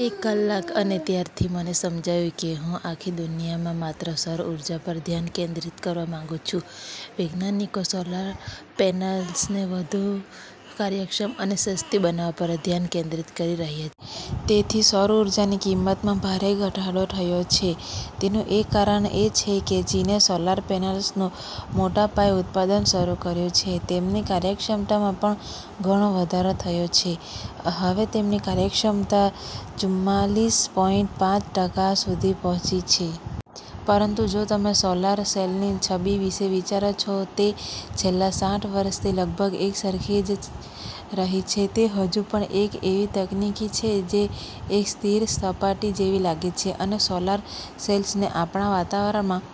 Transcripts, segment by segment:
એક કલાક. અને ત્યારથી મને સમજાયું કે હું આખી દુનિયામાં માત્ર સૌર ઊર્જા પર ધ્યાન કેન્દ્રિત કરવા માંગુ છું. વૈજ્ઞાનિકો સોલાર પેનલ્સને વધુ કાર્યક્ષમ અને સસ્તી બનાવવા પર ધ્યાન કેન્દ્રિત કરી રહ્યા છે. તેથી સૌર ઊર્જાની કિંમતમાં ભારે ઘટાડો થયો છે. તેનું એક કારણ એ છે કે ચીને સોલાર પેનલ્સનું મોટા પાયે ઉત્પાદન શરૂ કર્યું છે. તેમની કાર્યક્ષમતામાં પણ ઘણો વધારો થયો છે. હવે તેમની કાર્યક્ષમતા ચુમ્માલીસ પોઇન્ટ પાંચ ટકા સુધી પહોંચી છે. પરંતુ જો તમે સોલાર સેલની છબી વિશે વિચારો, તો તે છેલ્લા સાઠ વર્ષથી લગભગ એકસરખી જ રહી છે. તે હજુ પણ એક એવી તકનીક છે, જે એક સ્થિર સપાટી જેવી લાગે છે. અને સોલાર સેલ્સને આપણા વાતાવરણમાં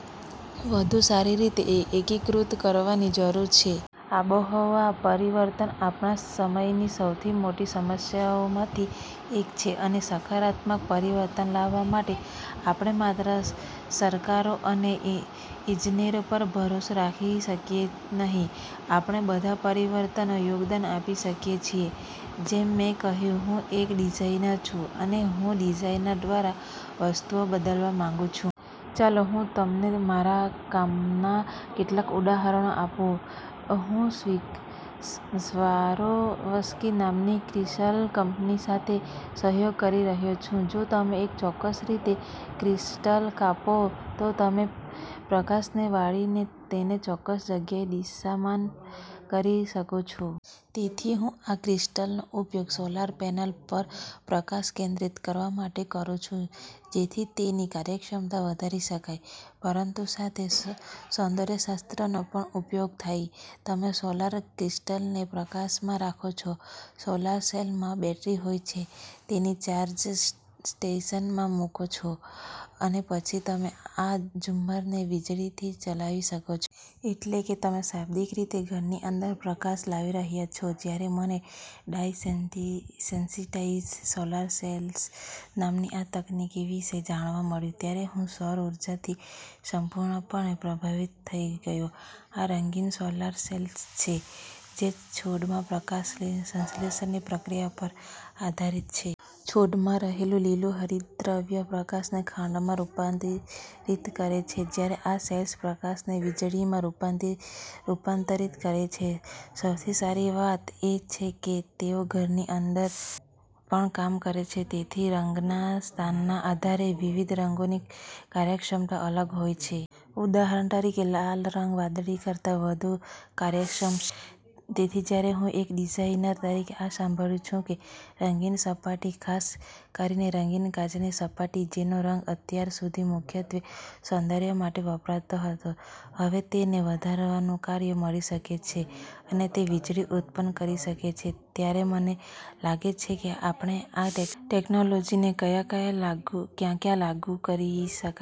વધુ સારી રીતે એકીકૃત કરવાની જરૂર છે. આબોહવા પરિવર્તન આપણા સમયની સૌથી મોટી સમસ્યાઓમાંની એક છે. અને સકારાત્મક પરિવર્તન લાવવા માટે આપણે માત્ર સરકારો અને ઇજનેરો પર ભરોસો રાખી શકીએ નહીં. આપણે બધા પરિવર્તનમાં યોગદાન આપી શકીએ છીએ. જેમ મેં કહ્યું, હું એક ડિઝાઇનર છું અને હું ડિઝાઇન દ્વારા વસ્તુઓ બદલવા માંગું છું. ચાલો, હું તમને મારા કામનાં કેટલાક ઉદાહરણો આપું. હું સ્વારોવસ્કી નામની ક્રિસ્ટલ કંપની સાથે સહયોગ કરી રહ્યો છું. જો તમે ચોક્કસ રીતે ક્રિસ્ટલ કાપો, તો તમે પ્રકાશને વાળીને તેને ચોક્કસ જગ્યાએ દિશામાન કરી શકો છો. તેથી હું આ ક્રિસ્ટલ્સનો ઉપયોગ સોલાર પેનલ પર પ્રકાશ કેન્દ્રિત કરવા માટે કરું છું, જેથી તેની કાર્યક્ષમતા વધારી શકાય, પરંતુ સાથે સૌંદર્યશાસ્ત્રનો પણ ઉપયોગ થાય. તમે સોલાર ક્રિસ્ટલને પ્રકાશમાં રાખો છો, સોલાર સેલમાં બેટરી હોય છે, તેને ચાર્જિંગ સ્ટેશનમાં મૂકો છો અને પછી તમે આ ઝુમ્મરને વીજળીથી ચલાવી શકો છો. એટલે કે, તમે શાબ્દિક રીતે ઘરની અંદર પ્રકાશ લાવી રહ્યા છો. જ્યારે મને ડાઇ-સેન્સિટાઇઝ્ડ સોલાર સેલ્સ નામની આ તકનીક વિશે જાણવા મળ્યું, ત્યારે હું સૌર ઊર્જાથી સંપૂર્ણપણે પ્રભાવિત થઈ ગયો. આ રંગીન સોલાર સેલ્સ છે, જે છોડમાં પ્રકાશસંશ્લેષણની પ્રક્રિયા પર આધારિત છે. છોડમાં રહેલું લીલું હરિતદ્રવ્ય પ્રકાશને ખાંડમાં રૂપાંતરિત કરે છે, જ્યારે આ સેલ્સ પ્રકાશને વીજળીમાં રૂપાંતરિત કરે છે. સૌથી સારી વાત એ છે કે તેઓ ઘરની અંદર પણ કામ કરે છે. તેથી, રંગના સ્થાનના આધારે વિવિધ રંગોની કાર્યક્ષમતા અલગ હોય છે. ઉદાહરણ તરીકે, લાલ રંગ વાદળી કરતાં વધુ કાર્યક્ષમ છે. તેથી જ્યારે હું, એક ડિઝાઇનર તરીકે, આ સાંભળું છું કે રંગીન સપાટી, ખાસ કરીને રંગીન કાચની સપાટી, જેનો રંગ અત્યાર સુધી મુખ્યત્વે સૌંદર્ય માટે વપરાતો હતો, હવે તેને વધારાનું કાર્ય મળી શકે છે અને તે વીજળી ઉત્પન્ન કરી શકે છે, ત્યારે મને લાગે છે કે આપણે આ ટેક્નોલોજીને ક્યાં ક્યાં લાગુ કરી શકીએ...